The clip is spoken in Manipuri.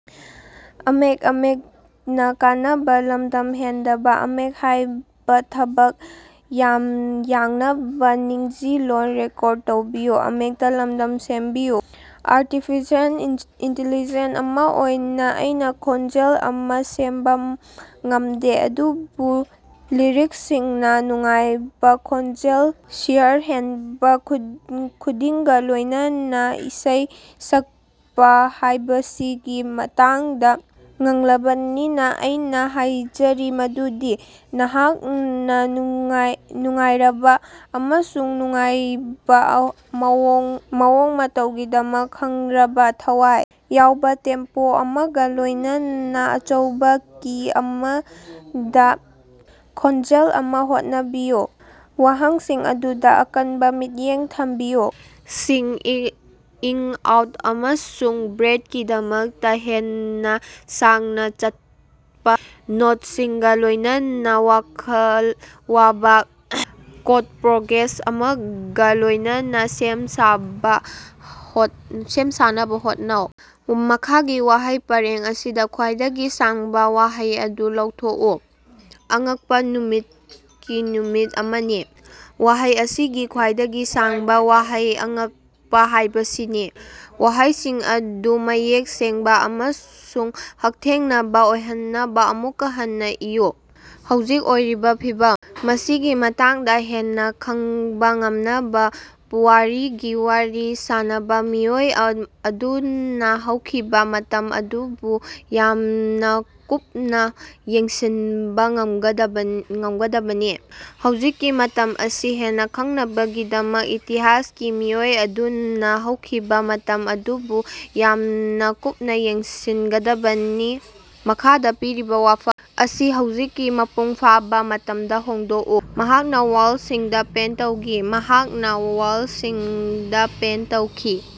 ꯑꯔꯇꯤꯐꯤꯁꯦꯜ ꯏꯟꯇꯤꯂꯤꯖꯦꯟꯁ ꯑꯃꯥ ꯑꯣꯏꯅꯥ ꯑꯩꯅꯥ ꯈꯣꯟꯖꯦꯜ ꯑꯃꯥ ꯁꯦꯝꯕꯥ ꯉꯝꯗꯦ, ꯑꯗꯨꯕꯨ ꯂꯤꯔꯤꯛꯁꯁꯤꯡꯅꯥ ꯅꯨꯡꯉꯥꯏꯕꯥ ꯈꯣꯟꯖꯦꯜ, ꯁ꯭ꯋꯥꯔ ꯍꯣꯟꯕꯥ ꯈꯨꯗꯤꯡꯒꯥ ꯂꯣꯏꯅꯅꯥ ꯏꯁꯩ ꯁꯛꯄꯥ ꯍꯥꯏꯕꯁꯤꯒꯤ ꯃꯇꯥꯡꯗꯥ ꯉꯥꯡꯂꯕꯅꯤꯅꯥ, ꯑꯩꯅꯥ ꯍꯥꯏꯖꯔꯤ ꯃꯗꯨꯗꯤ ꯅꯍꯥꯛꯅꯥ ꯅꯨꯡꯉꯥꯏꯔꯕꯥ ꯑꯃꯁꯨꯡ ꯅꯨꯡꯉꯥꯏꯕꯥ ꯃꯑꯣꯡ ꯃꯇꯧꯒꯤꯗꯃꯛ ꯈꯪꯅꯔꯕꯥ, ꯊꯋꯥꯏ ꯌꯥꯎꯕꯥ ꯇꯦꯝꯄꯣ ꯑꯃꯒꯥ ꯂꯣꯏꯅꯅꯥ ꯑꯆꯧꯕꯥ ꯀꯤ ꯑꯃꯗꯥ ꯈꯣꯟꯖꯦꯜ ꯑꯃꯥ ꯍꯣꯠꯅꯕꯤꯌꯨ꯫ ꯋꯥꯍꯩꯁꯤꯡ ꯑꯗꯨꯗꯥ ꯑꯀꯟꯕꯥ ꯃꯤꯠꯌꯦꯡ ꯊꯝꯅꯕꯥ, ꯁꯤꯡ-ꯏꯪ-ꯑꯥꯎꯠ ꯑꯃꯁꯨꯡ ꯕ꯭ꯔꯦꯠ ꯀꯤꯗꯃꯛꯇꯥ ꯍꯦꯟꯅꯥ ꯁꯥꯡꯅꯥ ꯆꯠꯄꯥ ꯅꯣꯠꯁꯤꯡꯒꯥ ꯂꯣꯏꯅꯅꯥ ꯋꯥꯈꯜ ꯋꯥꯕꯥ ꯀꯣꯔꯗ ꯄ꯭ꯔꯣꯒ꯭ꯔꯦꯁꯟ ꯑꯃꯒꯥ ꯂꯣꯏꯅꯅꯥ ꯁꯦꯝ ꯁꯥꯅꯕꯥ ꯍꯣꯠꯅꯧ꯫ ꯃꯈꯥꯒꯤ ꯋꯥꯍꯩ ꯄꯔꯦꯡ ꯑꯁꯤꯗꯥ ꯈ꯭ꯋꯥꯏꯗꯒꯤ ꯁꯥꯡꯕꯥ ꯋꯥꯍꯩ ꯑꯗꯨ ꯂꯦꯞꯊꯣꯛꯎ꯫ ꯑꯉꯛꯄꯥ ꯅꯨꯃꯤꯠꯀꯤ ꯅꯨꯃꯤꯠ ꯑꯃꯅꯤ꯫ ꯋꯥꯍꯩ ꯑꯁꯤꯒꯤ ꯈ꯭ꯋꯥꯏꯗꯒꯤ ꯁꯥꯡꯕꯥ ꯋꯥꯍꯩ "ꯑꯉꯛꯄꯥ" ꯍꯥꯏꯕꯁꯤꯅꯤ꯫ ꯋꯥꯍꯩ ꯑꯗꯨ ꯃꯌꯦꯛ ꯁꯦꯡꯕꯥ ꯑꯃꯁꯨꯡ ꯍꯛꯊꯦꯡꯅꯕꯥ ꯑꯣꯏꯍꯟꯅꯕꯥ ꯑꯃꯨꯛ ꯍꯟꯅꯥ ꯏꯌꯨ꯫ ꯍꯧꯖꯤꯛ ꯑꯣꯏꯔꯤꯕꯥ ꯐꯤꯚꯝ ꯑꯁꯤꯒꯤ ꯃꯇꯥꯡꯗꯥ ꯍꯦꯟꯅꯥ ꯈꯪꯕꯥ ꯉꯝꯅꯕꯥ ꯄꯨꯋꯥꯔꯤꯒꯤ ꯋꯥꯔꯤ ꯁꯥꯅꯕꯥ ꯃꯤꯑꯣꯏ ꯑꯗꯨꯅꯥ ꯍꯧꯈꯤꯕꯥ ꯃꯇꯝ ꯑꯗꯨꯕꯨ ꯌꯥꯝꯅꯥ ꯀꯨꯞꯅꯥ ꯌꯦꯡꯁꯤꯟꯕꯥ ꯉꯝꯒꯗꯕꯅꯤ꯫ ꯍꯧꯖꯤꯛꯀꯤ ꯃꯇꯝ ꯑꯁꯤ ꯍꯦꯟꯅꯥ ꯈꯪꯅꯕꯒꯤꯗꯃꯛ ꯏꯇꯤꯍꯥꯁꯀꯤ ꯃꯤꯑꯣꯏ ꯑꯗꯨꯅꯥ ꯍꯧꯈꯤꯕꯥ ꯃꯇꯝ ꯑꯗꯨꯕꯨ ꯌꯥꯝꯅꯥ ꯀꯨꯞꯅꯥ ꯌꯦꯡꯁꯤꯟꯒꯗꯕꯅꯤ꯫ꯃꯈꯥꯗꯥ ꯄꯤꯔꯤꯕꯥ ꯋꯥꯐꯝ ꯑꯁꯤ ꯍꯧꯖꯤꯛꯀꯤ ꯃꯄꯨꯡ ꯐꯥꯕꯥ ꯃꯇꯝꯗꯥ ꯍꯣꯡꯗꯣꯛꯎ꯫ ꯃꯍꯥꯛꯅꯥ ꯋꯥꯜꯁꯤꯡꯗꯥ ꯄꯦꯟꯇ ꯇꯧꯈꯤ꯫ ꯃꯍꯥꯛꯅꯥ ꯋꯥꯜꯁꯤꯡꯗꯥ ꯄꯦꯟꯇ ꯇꯧꯈ꯭ꯔꯦ꯫